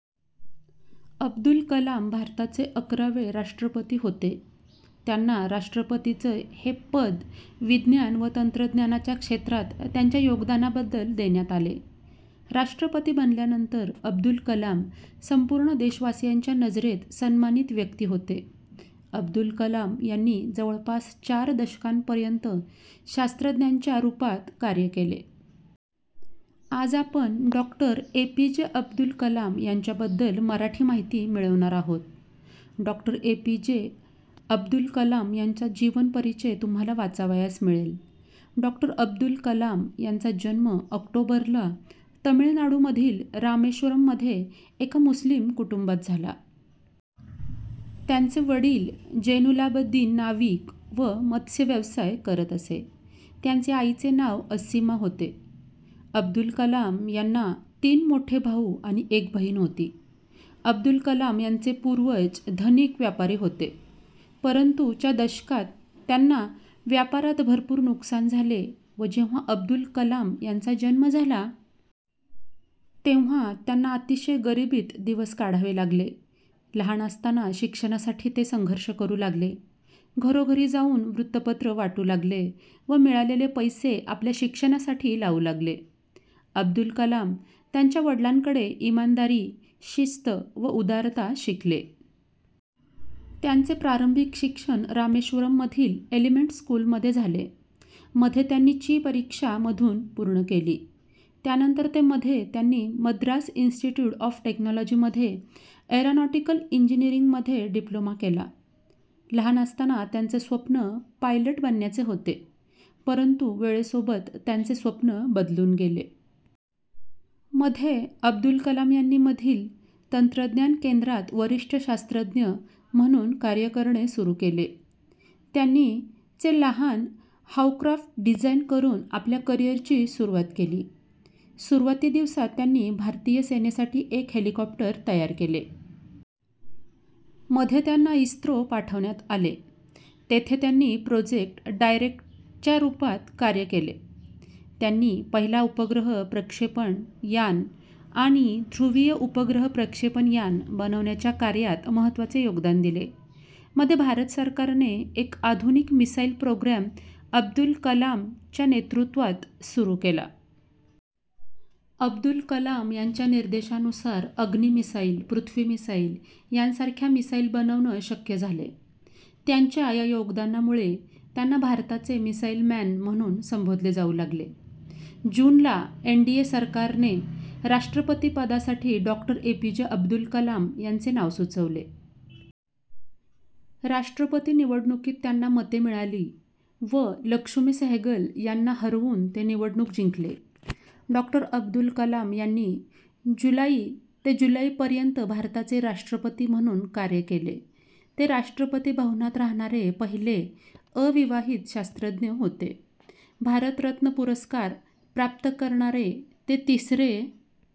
: अब्दुल कलाम भारताचे अकरावे राष्ट्रपती होते. त्यांना राष्ट्रपतीचे हे पद विज्ञान व तंत्रज्ञानाच्या क्षेत्रात त्यांच्या योगदानाबद्दल देण्यात आले. राष्ट्रपती बनल्यानंतर अब्दुल कलाम संपूर्ण देशवासीयांच्या नजरेत सन्मानित व्यक्ती होते. अब्दुल कलाम यांनी जवळपास चार दशकांपर्यंत शास्त्रज्ञाच्या रूपात कार्य केले. आज आपण डॉक्टर एपीजे अब्दुल कलाम यांच्या बद्दल मराठी माहिती मिळवणार आहोत. डॉक्टर एपीजे अब्दुल कलाम यांच्या जीवन परिचय तुम्हाला वाचावयास मिळेल. डॉक्टर अब्दुल कलाम यांचा जन्म ऑक्टोबर ला तमिळनाडूमधील रामेश्वरम मध्ये एका मुस्लिम कुटुंबात झाला. त्यांचे वडील जैनुल्लाब्दीन नाविक व मत्स्य व्यवसाय करत असत. त्यांच्या आईचे नाव असिम्मा होते. अब्दुल कलाम यांना तीन मोठे भाऊ आणि एक बहिण होती. अब्दुल कलाम यांचे पूर्वज धनिक व्यापारी होते. परंतु च्या दशकात त्यांना व्यापारात भरपूर नुकसान झाले व जेव्हा अब्दुल कलाम यांचा जन्म झाला. तेव्हा त्यांना अतिशय गरिबीत दिवस काढावे लागले. लहान असताना शिक्षणासाठी ते संघर्ष करू लागले, घरोघरी जाऊन वृत्तपत्र वाटू लागले व मिळालेले पैसे आपल्या शिक्षणासाठी लावू लागले. अब्दुल कलाम त्यांच्या वडिलांकडे इमानदारी, शिस्त व उदारता शिकले. त्यांचे प्रारंभिक शिक्षण रामेश्वरम् मधील एलिमेंट स्कूलमध्ये झाले. मध्ये त्यांनी ची परीक्षा. ' मधून पूर्ण केली. यानंतर ते मध्ये त्यांनी मद्रास इन्स्टिट्यूट ऑफ टेक्नॉलॉजी मधून एरोनॉटिकल इंजिनीरिंग मध्ये डिप्लोमा केला. लहान असतांना त्याचे स्वप्न पायलट बनण्याचे होते, परंतु वेळे सोबत त्याचे स्वप्न बदलून गेले. मध्ये अब्दुल कलाम यांनी.... मधील तंत्रज्ञान केंद्रात वरिष्ठ शास्त्रज्ञ म्हणून कार्य करणे सुरू केले. त्यांनी चे लहान होवर्क्राफ्ट डिझाईन करून आपल्या करिअरची सुरुवात केली. सुरुवाती दिवसात त्यांनी भारतीय सेनेसाठी एक हेलिकॉप्टर तयार केले. मध्ये त्यांना इस्रो पाठवण्यात आले. तेथे त्यांनी प्रोजेक्ट डायरेक्ट च्या रूपात कार्य केले. त्यांनी पहिला उपग्रह प्रक्षेपण यान आणि ध्रुवीय उपग्रह प्रक्षेपण यान बनविण्याच्या कार्यात महत्त्वाचे योगदान दिले. मध्ये भारत सरकारने एक आधुनिक मिसाइल प्रोग्राम अब्दुल कलाम यांच्या नेतृत्वात सुरू केला. अब्दुल कलाम यांच्या निर्देशानुसार अग्नि मिसाईल, पृथ्वी मिसाईल यासारख्या मिसाईल बनवणे शक्य झाले. त्यांच्या या योगदानामुळे त्यांना भारताचे मिसाइल मॅन म्हणून संबोधले जाऊ लागले. जून ला एनडीए सरकारने राष्ट्रपतिपदासाठी डॉक्टर एपीजे अब्दुल कलाम यांचे नाव सुचवले. राष्ट्रपती निवडणुकीत त्यांना मत मिळाले व लक्ष्मी सहगल यांना हरवून ते निवडणूक जिंकले. डॉक्टर अब्दुल कलाम यांनी जुलाई ते जुलै पर्यंत भारताचे राष्ट्रपती म्हणून कार्य केले. ते राष्ट्रपती भवनात राहणारे पहिले अविवाहित शास्त्रज्ञ होते. भारतरत्न पुरस्कार प्राप्त करणारे ते तिसरे